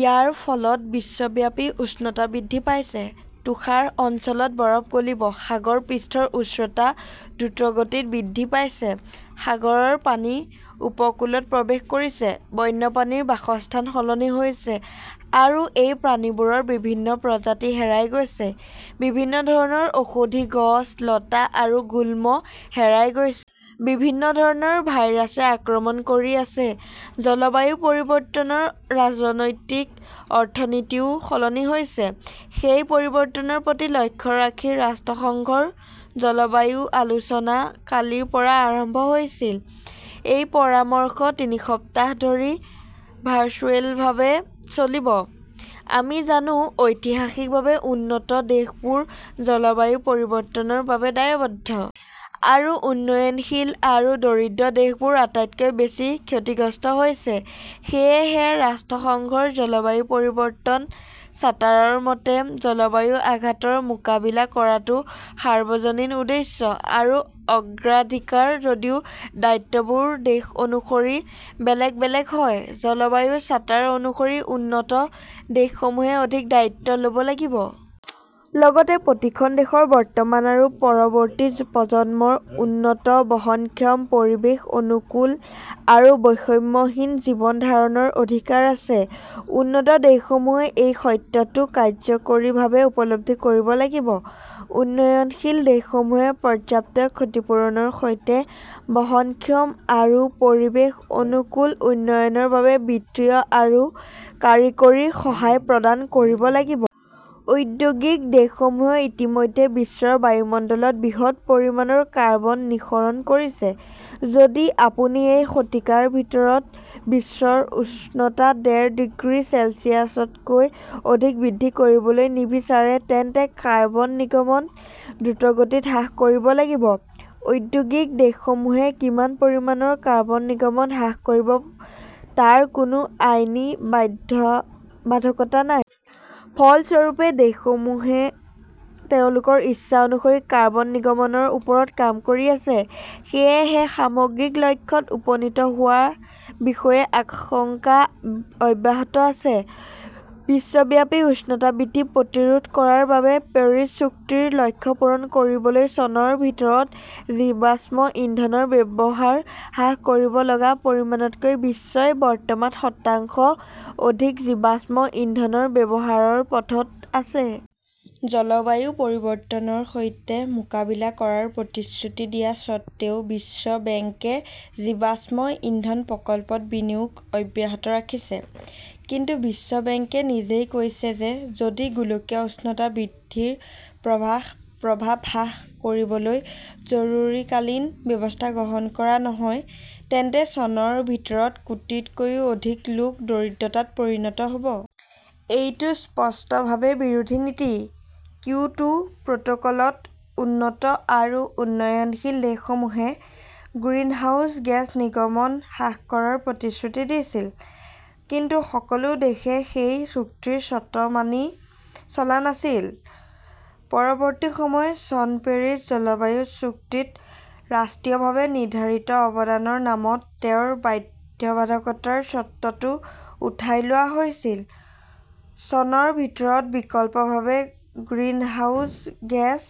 ইয়াৰ ফলত বিশ্বব্যাপী উষ্ণতা বৃদ্ধি পাইছে। তুষাৰ অঞ্চলত বৰফ গলিব। সাগৰ পৃষ্ঠৰ উচ্চতা দ্ৰুতগতিত বৃদ্ধি পাইছে। সাগৰৰ পানী উপকূলত প্ৰৱেশ কৰিছে। বন্যপ্ৰাণীৰ বাসস্থান সলনি হৈছে। আৰু এই প্ৰাণীবোৰৰ বিভিন্ন প্ৰজাতি হেৰাই গৈছে। বিভিন্ন ধৰণৰ ঔষধি গছ, লতা আৰু গুল্ম হেৰাই গৈছে। বিভিন্ন ধৰণৰ ভাইৰাছে আক্ৰমণ কৰি আছে। জলবায়ু পৰিৱৰ্তনৰ ৰাজনৈতিক অৰ্থনীতিও সলনি হৈছে। সেই পৰিৱৰ্তনৰ প্ৰতি লক্ষ্য ৰাখি ৰাষ্ট্ৰসংঘৰ জলবায়ু আলোচনা কালিৰ পৰা আৰম্ভ হৈছিল। এই পৰামৰ্শ তিনি সপ্তাহ ধৰি ভাৰ্চুৱেলভাৱে চলিব। আমি জানো, ঐতিহাসিকভাৱে উন্নত দেশবোৰ জলবায়ু পৰিৱৰ্তনৰ বাবে দায়বদ্ধ। আৰু উন্নয়নশীল আৰু দৰিদ্ৰ দেশবোৰ আটাইতকৈ বেছি ক্ষতিগ্ৰস্ত হৈছে। সেয়েহে, ৰাষ্ট্ৰসংঘৰ জলবায়ু পৰিৱৰ্তন চাৰ্টাৰৰ মতে, জলবায়ু আঘাতৰ মোকাবিলা কৰাটো সাৰ্বজনীন উদ্দেশ্য আৰু অগ্ৰাধিকাৰ যদিও দায়িত্ববোৰ দেশ অনুসৰি বেলেগ বেলেগ হয়। জলবায়ু চাৰ্টাৰ অনুসৰি উন্নত দেশসমূহে অধিক দায়িত্ব ল "ব লাগিব। লগতে, প্ৰতিখন দেশৰ বৰ্তমান আৰু পৰৱৰ্তী প্ৰজন্মৰ উন্নত, বহনক্ষম, পৰিৱেশ অনুকূল আৰু বৈষম্যহীন জীৱন ধাৰণৰ অধিকাৰ আছে-উন্নত দেশসমূহে এই সত্যটো কাৰ্যকৰীভাৱে উপলব্ধি কৰিব লাগিব। উন্নয়নশীল দেশসমূহে পৰ্যাপ্ত ক্ষতিপূৰণৰ সৈতে বহনক্ষম আৰু পৰিৱেশ অনুকূল উন্নয়নৰ বাবে বিত্তীয় আৰু কাৰিকৰী সহায় প্ৰদান কৰিব লাগিব। ঔদ্যোগিক দেশসমূহে ইতিমধ্যে বিশ্বৰ বায়ুমণ্ডলত বৃহৎ পৰিমাণৰ কাৰ্বন নিঃসৰণ কৰিছে। যদি আপুনি এই শতিকাৰ ভিতৰত বিশ্বৰ উষ্ণতা ডেৰ ডিগ্ৰী চেলছিয়াছতকৈ অধিক বৃদ্ধি কৰিবলৈ নিবিচাৰে তেন্তে কাৰ্বন নিৰ্গমন দ্ৰুতগতিত হ্ৰাস কৰিব লাগিব। ঔদ্যোগিক দেশসমূহে কিমান পৰিমাণৰ কাৰ্বন নিৰ্গমন হ্ৰাস কৰিব তাৰ কোনো আইনী বাধ্যবাধকতা নাই। ফলস্বৰূপে, দেশসমূহে তেওঁলোকৰ ইচ্ছা অনুসৰি কাৰ্বন নিৰ্গমনৰ ওপৰত কাম কৰি আছে। সেয়েহে সামগ্ৰিক লক্ষ্যত উপনীত হোৱাৰ বিষয়ে আশংকা অব্যাহত আছে। বিশ্বব্যাপী উষ্ণতা বৃদ্ধি প্ৰতিৰোধ কৰাৰ বাবে পেৰিছ চুক্তিৰ লক্ষ্য পূৰণ কৰিবলৈ চনৰ ভিতৰত জীৱাশ্ম ইন্ধনৰ ব্যৱহাৰ হ্ৰাস কৰিব লগা পৰিমাণতকৈ বিশ্বই বৰ্তমান শতাংশ অধিক জীৱাশ্ম ইন্ধনৰ ব্যৱহাৰৰ পথত আছে। জলবায়ু পৰিৱৰ্তনৰ সৈতে মোকাবিলা কৰাৰ প্ৰতিশ্ৰুতি দিয়া স্বত্বেও বিশ্ব বেংকে জীৱাশ্ম ইন্ধন প্ৰকল্পত বিনিয়োগ অব্যাহত ৰাখিছে। কিন্তু বিশ্ব বেংকে নিজেই কৈছে যে যদি গোলকীয় উষ্ণতা বৃদ্ধিৰ প্ৰভাৱ হ্ৰাস কৰিবলৈ জৰুৰীকালীন ব্যৱস্থা গ্ৰহণ কৰা নহয় তেন্তে চনৰ ভিতৰত কোটিতকৈও অধিক লোক দৰিদ্ৰতাত পৰিণত হ 'ব। এইটো স্পষ্টভাৱে বিৰোধী নীতি। কিয়োটো প্ৰট "কলত উন্নত আৰু উন্নয়নশীল দেশসমূহে গ্ৰিনহাউজ গেছ নিৰ্গমন হ্ৰাস কৰাৰ প্ৰতিশ্ৰুতি দিছিল। কিন্তু সকলো দেশে সেই চুক্তিৰ চৰ্ত মানি চলা নাছিল। পৰৱৰ্তী সময়ত চনত পেৰিছ জলবায়ু চুক্তিত 'ৰাষ্ট্ৰীয়ভাৱে নিৰ্ধাৰিত অৱদান " ৰ নামত তেওঁৰ বাধ্যবাধকতাৰ চৰ্তটো উঠাই লোৱা হৈছিল। চনৰ ভিতৰত বিকল্পভাৱে গ্ৰিনহাউজ গেছ